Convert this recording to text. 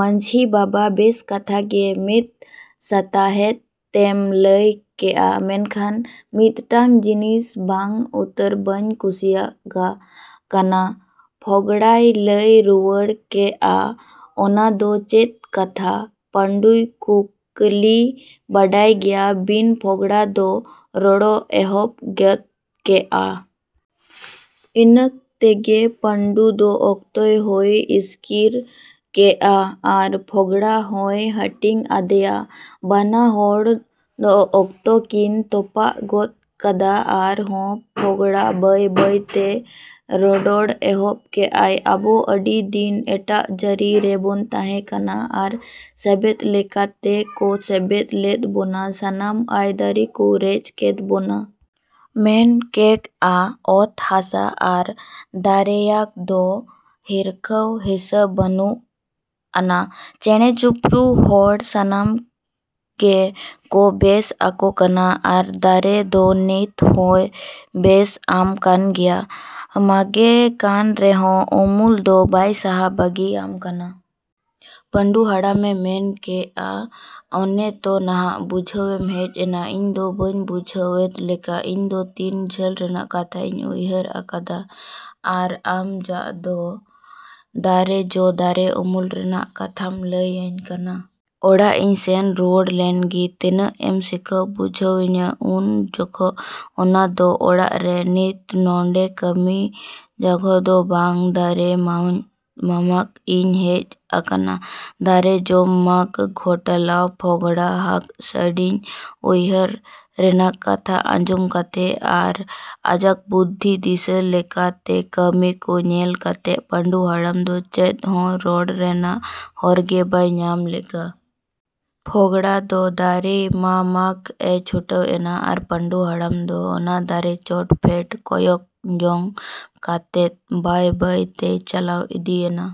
ᱢᱟᱺᱡᱷᱤ ᱵᱟᱵᱟ ᱵᱮᱥ ᱠᱟᱛᱷᱟ ᱜᱮ ᱢᱤᱫ ᱥᱟᱛᱟᱦᱮᱫ ᱛᱮᱢ ᱞᱟᱹᱭ ᱠᱮᱜᱼᱟ᱾ ᱢᱮᱱᱠᱷᱟᱱ ᱢᱤᱫᱴᱟᱝ ᱡᱤᱱᱤᱥ ᱵᱟᱝ ᱩᱛᱟᱹᱨ ᱵᱟᱹᱧ ᱠᱩᱥᱤᱭᱟᱜ ᱠᱟᱱᱟ ᱯᱷᱚᱜᱽᱲᱟᱭ ᱞᱟᱹᱭ ᱨᱩᱣᱟᱹᱲ ᱠᱮᱜᱼᱟ ᱾ ᱚᱱᱟ ᱫᱚ ᱪᱮᱫ ᱠᱟᱛᱷᱟ ᱯᱟᱺᱰᱩᱭ ᱠᱩᱜᱞᱤᱭᱟ ᱵᱟᱰᱟᱭ ᱜᱮᱭᱟ ᱵᱤᱱ ᱯᱷᱚᱜᱽᱲᱟ ᱫᱚ ᱨᱚᱲᱮ ᱮᱦᱚᱵ ᱜᱚᱫ ᱠᱮᱜᱼᱟ᱾ ᱤᱱᱟᱹᱜ ᱛᱮᱜᱮ ᱯᱟᱺᱰᱩ ᱫᱚᱠᱛᱟ ᱦᱚᱸᱭ ᱤᱥᱠᱤᱨ ᱦᱩᱭ ᱠᱮᱜᱼᱟ ᱟᱨ ᱯᱷᱚᱜᱽᱲᱟ ᱦᱚᱸᱭ ᱦᱟᱹᱴᱤᱧ ᱟᱫᱮᱭᱟ᱾ ᱵᱟᱱᱟ ᱦᱚᱲ ᱫᱚᱠᱛᱟ ᱠᱤᱱ ᱛᱟᱯᱟᱜ ᱜᱚᱫ ᱠᱟᱫᱼᱟ ᱟᱨ ᱦᱚᱸ ᱯᱷᱚᱜᱽᱲᱟ ᱵᱟᱹᱭ ᱵᱟᱹᱭ ᱛᱮ ᱨᱚᱨᱚᱲ ᱮ ᱮᱦᱚᱵ ᱠᱮᱼᱟ᱾ ᱟᱵᱚ ᱟᱹᱰᱤ ᱫᱤᱱ ᱮᱴᱟᱜ ᱡᱟᱹᱨᱤ ᱨᱮᱵᱚᱱ ᱛᱟᱦᱮᱸ ᱠᱟᱱᱟ ᱟᱨ ᱥᱮᱵᱮᱫ ᱞᱮᱠᱟ ᱠᱚ ᱥᱮᱵᱮᱫ ᱞᱮᱫ ᱵᱚᱱᱟ ᱥᱟᱱᱟᱢ ᱟᱹᱭᱫᱟᱹᱨᱤ ᱠᱚ ᱨᱮᱡ ᱠᱮᱫ ᱵᱚᱱᱟ ᱾ᱦᱚᱲ ᱢᱮᱱ ᱠᱮᱜᱼᱟ᱾ ᱚᱛ ᱦᱟᱥᱟ ᱟᱨ ᱫᱟᱨᱮᱭᱟᱜ ᱫᱚ ᱦᱤᱨᱠᱟᱹ ᱦᱤᱥᱟᱹ ᱵᱟᱹᱱᱩᱜ ᱟᱱᱟ᱾ ᱪᱮᱬᱮ ᱪᱤᱯᱨᱩ ᱦᱚᱲ ᱥᱟᱱᱟᱢ ᱜᱮᱠᱚ ᱵᱮᱥ ᱟᱠᱚ ᱠᱟᱱᱟ ᱟᱨ ᱫᱟᱨᱮ ᱫᱚ ᱱᱤᱛ ᱦᱚᱸᱭ ᱵᱮᱥ ᱟᱢ ᱠᱟᱱ ᱜᱮᱭᱟ᱾ ᱢᱟᱜᱮ ᱠᱟᱱ ᱨᱮᱦᱚᱢ ᱩᱢᱩᱞ ᱫᱚ ᱵᱟᱭ ᱥᱟᱦᱟ ᱵᱟᱹᱜᱤ ᱟᱢ ᱠᱟᱱᱟ᱾ ᱯᱟᱺᱰᱩ ᱦᱟᱲᱟᱢ ᱮ ᱢᱮᱱ ᱠᱮᱜᱼᱟ᱾ ᱚᱱᱮ ᱛᱚ ᱱᱷᱟᱜ ᱵᱩᱜᱡᱷᱟᱹᱣ ᱮᱢ ᱦᱮᱡ ᱮᱱᱟ ᱤᱧ ᱫᱚ ᱵᱟᱹᱧ ᱵᱩᱡᱷᱟᱹᱣ ᱮᱫ ᱞᱮᱠᱟ ᱤᱧ ᱫᱚ ᱛᱤᱱ ᱡᱷᱟᱹᱞ ᱨᱮᱱᱟᱜ ᱠᱟᱛᱷᱟᱹᱧ ᱩᱭᱦᱟᱹᱨ ᱟᱠᱟᱫᱟ᱾ ᱟᱨ ᱢᱟ ᱫᱚ ᱫᱟᱨᱮ ᱡᱚ ᱫᱟᱨᱮ ᱩᱢᱩᱞ ᱨᱮᱱᱟᱜ ᱠᱟᱛᱷᱟᱢ ᱞᱟᱹᱭᱟᱹᱧ ᱠᱟᱱᱟ᱾ ᱚᱲᱟᱜ ᱤᱧ ᱥᱮᱱ ᱨᱩᱣᱟᱹᱲ ᱞᱮᱱᱜᱮ᱾ ᱛᱤᱱᱟᱹᱜ ᱮᱢ ᱥᱤᱠᱷᱟᱹᱣ ᱵᱩᱡᱷᱟᱹᱣ ᱤᱧᱟ ᱩᱱ ᱡᱚᱦᱚᱜ ᱚᱱᱟ ᱫᱚ ᱚᱲᱟᱜ ᱨᱮ ᱱᱤᱛ ᱱᱚᱰᱮ ᱠᱟᱹᱢᱤ ᱡᱚᱦᱜ ᱫᱚ ᱵᱟᱝᱟ ᱫᱟᱨᱮ ᱢᱟᱢᱟᱜ ᱤᱧ ᱦᱮᱡ ᱟᱠᱟᱱᱟ᱾ ᱫᱟᱨᱮ ᱫᱚᱧ ᱢᱟᱜ ᱜᱷᱚᱞᱴᱟᱣᱟ ᱯᱷᱚᱜᱽᱲᱟ ᱦᱟᱜ ᱥᱟᱺᱜᱤᱧ ᱩᱭᱦᱟᱹᱨ ᱨᱮᱱᱟᱜ ᱠᱟᱛᱷᱟ ᱟᱸᱡᱚᱢ ᱠᱟᱛᱮ ᱟᱨ ᱟᱡᱟᱜ ᱵᱩᱫᱷᱤ ᱫᱤᱥᱟᱹ ᱞᱮᱠᱟ ᱛᱮ ᱠᱟᱹᱢᱤ ᱠᱚ ᱧᱮᱞ ᱠᱟᱛᱮ ᱯᱟᱺᱰᱩ ᱦᱟᱲᱟᱢ ᱫᱚ ᱪᱮᱫ ᱦᱚᱸ ᱨᱚᱲ ᱨᱮᱱᱟᱜ ᱦᱚᱨ ᱜᱮ ᱵᱟᱭ ᱧᱟᱢ ᱞᱮᱜᱼᱟ᱾ ᱯᱷᱚᱜᱽᱲᱟ ᱫᱚ ᱫᱟᱨᱮ ᱢᱟᱢᱟᱜᱼᱮ ᱪᱷᱩᱴᱟᱹᱣ ᱮᱱᱟ ᱟᱨ ᱯᱟᱺᱰᱩ ᱦᱟᱲᱟᱢ ᱫᱚ ᱚᱱᱟ ᱫᱟᱨᱮ ᱪᱚᱴ ᱯᱷᱮᱰ ᱠᱚᱭᱚᱜ ᱧᱚᱜ ᱠᱟᱛᱮ ᱵᱟᱹᱭ ᱵᱟᱹᱭ ᱛᱮᱭ ᱪᱟᱞᱟᱣ ᱤᱫᱤ ᱮᱱᱟ᱾